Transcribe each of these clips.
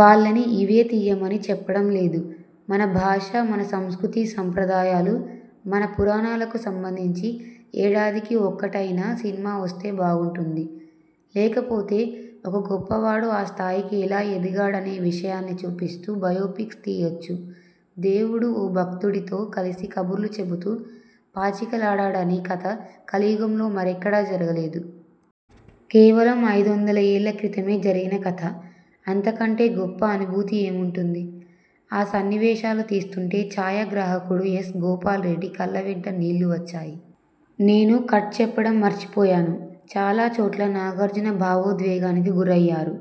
వాళ్లని ఇవే తియ్యమని చెప్పడం లేదు. మన భాష, మన సంస్కృతీ సంప్రదాయాలు, మన పురాణాలకు సంబంధించి ఏడాదికి ఒక్కటైనా సినిమా వస్తే బాగుంటుంది. లేకపోతే ఒక గొప్పవాడు ఆ స్థాయికి ఎలా ఎదగాడనే విషయాన్ని చూపిస్తూ బయోపిక్స్ తీయొచ్చు. దేవుడు ఓ భక్తుడితో కలిసి కబుర్లు చెబుతూ పాచికలాడాడనే కథ కలియుగంలో మరెక్కడా జరగలేదు. కేవలం ఐదొందల ఏళ్ల క్రితమే జరిగిన కథ. అంతకంటే గొప్ప అనుభూతి ఏముంటుంది! ఆ సన్నివేశాలు తీస్తుంటే ఛాయాగ్రాహకుడు ఎస్. గోపాల్రెడ్డి కళ్లవెంట నీళ్లు వచ్చాయి. నేను కట్ చెప్పడం మర్చిపోయాను. చాలా చోట్ల నాగార్జున భావోద్వేగానికి గురయ్యారు.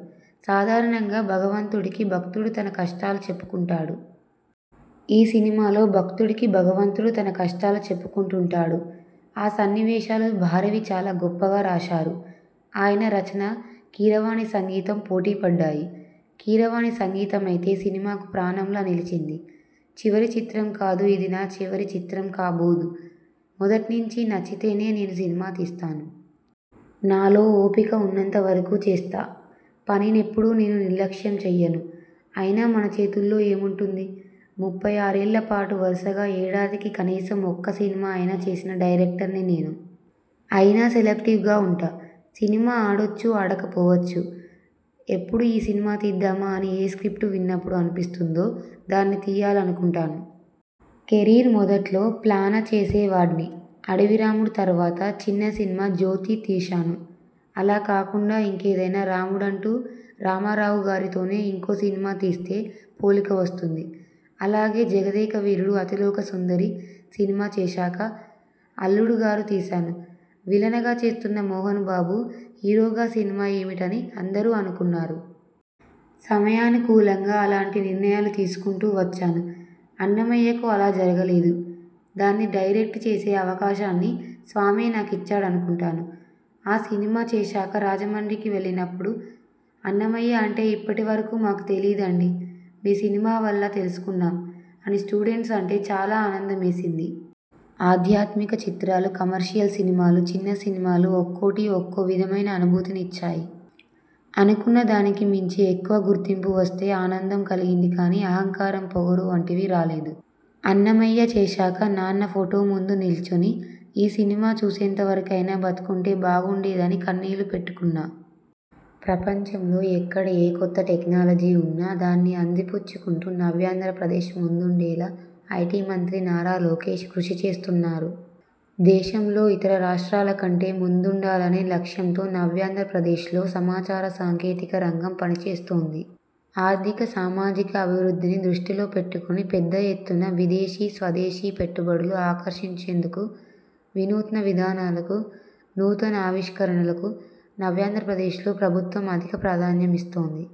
సాధారణంగా భగవంతుడికి భక్తుడు తన కష్టాలు చెప్పుకుంటాడు. ఈ సినిమాలో భక్తుడికి భగవంతుడు తన కష్టాలు చెప్పుకుంటుంటాడు. ఆ సన్నివేశాలు భారవి చాలా గొప్పగా రాశారు. ఆయన రచన, కీరవాణి సంగీతం పోటీపడ్డాయి. కీరవాణి సంగీతమైతే సినిమాకు ప్రాణంలా నిలిచింది. చివరి చిత్రం కాదు ఇది నా చివరి చిత్రం కాబోదు. మొదట్నించీ నచ్చితేనే నేను సినిమా తీస్తాను. నాలో ఓపిక ఉన్నంతవరకూ చేస్తా. పనినెప్పుడూ నేను నిర్లక్ష్యం చెయ్యను. అయినా మన చేతుల్లో ఏముంటుంది! ముప్పై ఆరేళ్లపాటు వరుసగా ఏడాదికి కనీసం ఒక్క సినియా అయినా చేసిన డైరెక్టర్ని నేను. అయినా సెలక్టివ్గా ఉంటా. సినిమా ఆడొచ్చు, ఆడకపోవచ్చు. ఎప్పుడు ఈ సినిమా తీద్దామా అని ఏ స్ర్కిప్టు విన్నప్పుడు అనిపిస్తుందో, దాన్ని తియ్యాలనుకుంటాను. కెరీర్ మొదట్లో ప్లాన చేసేవాడ్ని. 'అడవిరాముడు' తర్వాత చిన్న సినిమా 'జ్యోతి' తీశాను. అలా కాకుండా ఇంకేదైనా రాముడంటూ రామారావుగారితోనే ఇంకో సినిమా తీస్తే, పోలిక వస్తుంది. అలాగే 'జగదేకవీరుడు అతిలోకసుందరి' సినిమా చేశాక 'అల్లుడుగారు' తీశాను. విలనగా చేస్తున్న మోహనబాబు హీరోగా సినిమా ఏమిటని అందరూ అనుకున్నారు. సమయానుకూలంగా అలాంటి నిర్ణయాలు తీసుకుంటూ వచ్చాను. 'అన్నమయ్య'కు అలా జరగలేదు. దాన్ని డైరెక్ట్ చేసే అవకాశాన్ని స్వామే నాకిచ్చాడనుకుంటాను. ఆ సినిమా చేశాక రాజమండ్రికి వెళ్లినప్పుడు ''అన్నమయ్య అంటే ఇప్పటివరకూ మాకు తెలీదండి. మీ సినిమా వల్ల తెలుసుకున్నాం'' అని స్టూడెంట్స్ అంటే చాలా ఆనందమేసింది. ఆధ్యాత్మిక చిత్రాలు, కమర్షియల్ సినిమాలు, చిన్న సినిమాలు ఒక్కోటీ ఒక్కో విధమైన అనుభూతినిచ్చాయి. అనుకున్న దానికి మించి ఎక్కువ గుర్తింపువస్తే ఆనందం కలిగింది కానీ అహంకారం, పొగరు వంటివి రాలేదు. 'అన్నమయ్య' చేశాక నాన్న ఫొటోముందు నిల్చొని ఈ సినిమా చూసేంతవరకైనా బతికుంటే బాగుండేదని కన్నీళ్లు పెట్టుకున్నా. ప్రపంచంలో ఎక్కడ ఏ కొత్త టెక్నాలజీ ఉన్నా దాన్ని అంది పుచ్చుకుంటూ నవ్యాంధ్రప్రదేశ్ ముందుండేలా ఐటీ మంత్రి నారా లోకేశ్ కృషి చేస్తున్నారు. దేశంలో ఇతర రాష్ట్రాల కంటే ముందుండాలనే లక్ష్యంతో నవ్యాంధ్రప్రదేశ్లో సమాచార సాంకేతిక రంగం పనిచేస్తోంది. ఆర్థిక, సామాజిక అభివృద్ధిని దృష్టిలో పెట్టుకుని పెద్దఎత్తున విదేశీ, స్వదేశీ పెట్టుబడులు ఆకర్షించేందుకు వినూత్న విధానాలకు, నూతనఆవిష్కరణలకు నవ్యాంధ్రప్రదేశ్లో ప్రభుత్వం అధిక ప్రాధాన్యమిస్తోంది.